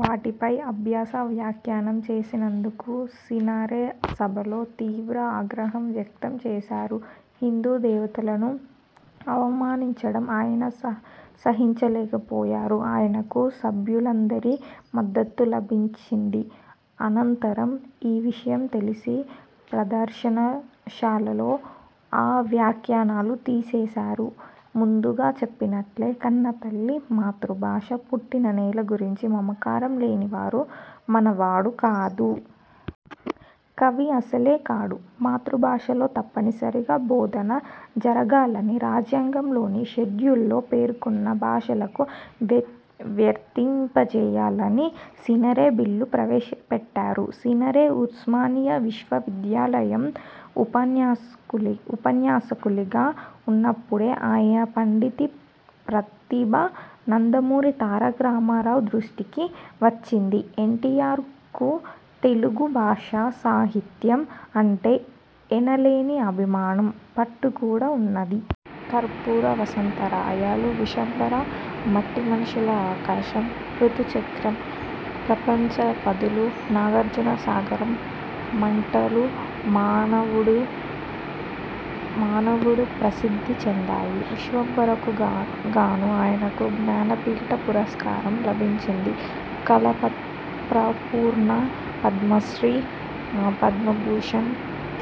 వాటిపై అసభ్య వ్యాఖ్యానం చేసినందుకు సినారె సభలో తీవ్ర ఆగ్రహం వ్యక్తం చేశారు. హిందూ దేవతలను అవమానించడం ఆయన సహించలేకపోయారు. ఆయనకు సభ్యులందరి మద్దతూ లభించింది. అనంతరం ఈ విషయం తెలిసి ప్రదర్శన శాలలో ఆ వ్యాఖ్యానాలు తీసేశారు. ముందుగా చెప్పినట్లే కన్నతల్లి, మాతృభాష, పుట్టిన నేల గురించి మమకారం లేని వారు మానవుడే కాదు. కవి అసలే కాడు. మాతృభాషలో తప్పనిసరి బోధన జరగాలని, రాజ్యాంగంలోని షెడ్యూలులో పేర్కొన్న భాషలకు వర్తింపచేయాలని సినారె బిల్లు ప్రవేశపెట్టారు. సినారె ఉస్మానియా విశ్వ విద్యాలయం ఉపన్యాసకులుగా ఉన్నప్పుడే ఆయన పాండితీ ప్రతిభ నందమూరి తారకరామారావు దృష్టికి వచ్చింది. ఎన్టీఆర్కూ తెలుగు భాష, సాహిత్యం అంటే ఎనలేని అభిమానం, పట్టు కూడా ఉన్నది. కర్పూర వసంత రాయాలు, విశ్వంభర, మట్టీ మనిషీ ఆకాశం, రుతుచక్రం, ప్రపంచ పదులు, నాగార్జున సాగరం. మంటలూ మానవుడూ ప్రసిద్ధి చెందాయి. విశ్వంభరకు గాను ఆయనకు జ్ఞానపీఠ పురస్కారం లభించింది. కళాప్రపూర్ణ, పద్మశ్రీ, పద్మభూషణ్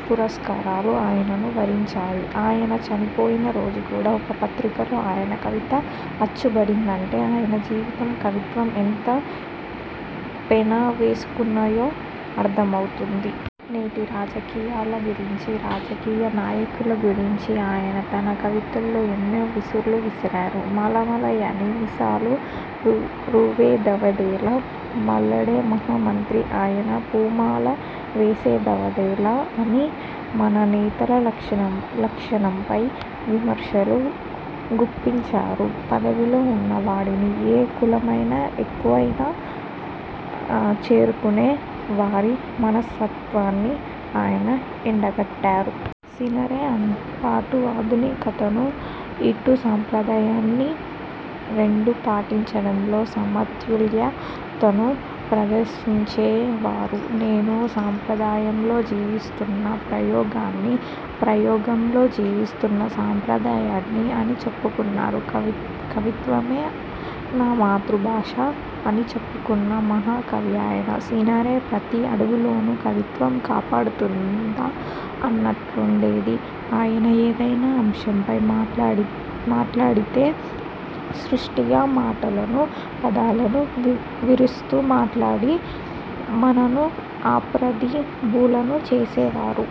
పురస్కారాలు ఆయనను వరించాయి. ఆయన చనిపోయిన రోజు కూడా ఒక పత్రికలో ఆయన కవిత అచ్చుపడిందంటే ఆయన జీవితం, కవిత్వం ఎంత పెనవేసుకున్నాయో అర్థమవుతుంది. నేటి రాజకీయాల గురించి రాజకీయ నాయకుల గురించి ఆయన తన కవితల్లో ఎన్నో విసుర్లు విసిరారు. మాల మాల యని మీసాలు రువ్వెదవదేలా మాలడే మహా మంత్రి అయిన పూమాల వేసేదవదేలా అని మన నేతల లక్షణంపై విమర్శలు గుప్పించారు. పదవిలో ఉన్న వాడిని ఏ కులమైనా అక్కున చేర్చుకునే వారి మనస్తత్వాన్ని ఆయన ఎండగట్టారు. సినారె అటు ఆధునికతనూ, ఇటు సంప్రదాయాన్నీ రెండూ పాటించడంలో సమతుల్యతను ప్రదర్శించేవారు. నేను సంప్రదాయంలో జీవిస్తున్న ప్రయోగాన్ని, ప్రయోగంలో జీవిస్తున్న సంప్రదాయాన్ని అని చెప్పుకున్నారు. కవిత్వమే నా మాతృభాష అని చెప్పుకున్న మహా కవి ఆయన. సినారె ప్రతి అడుగులోనూ కవిత్వం కనపడుతుందా అన్నట్లుండేది. ఆయన ఏదైనా అంశంపై మాట్లాడితే స్పష్టంగా, మాటలను, పదాలను విరుస్తూ మాట్లాడి మనను అప్రతిభులను చేసేవారు.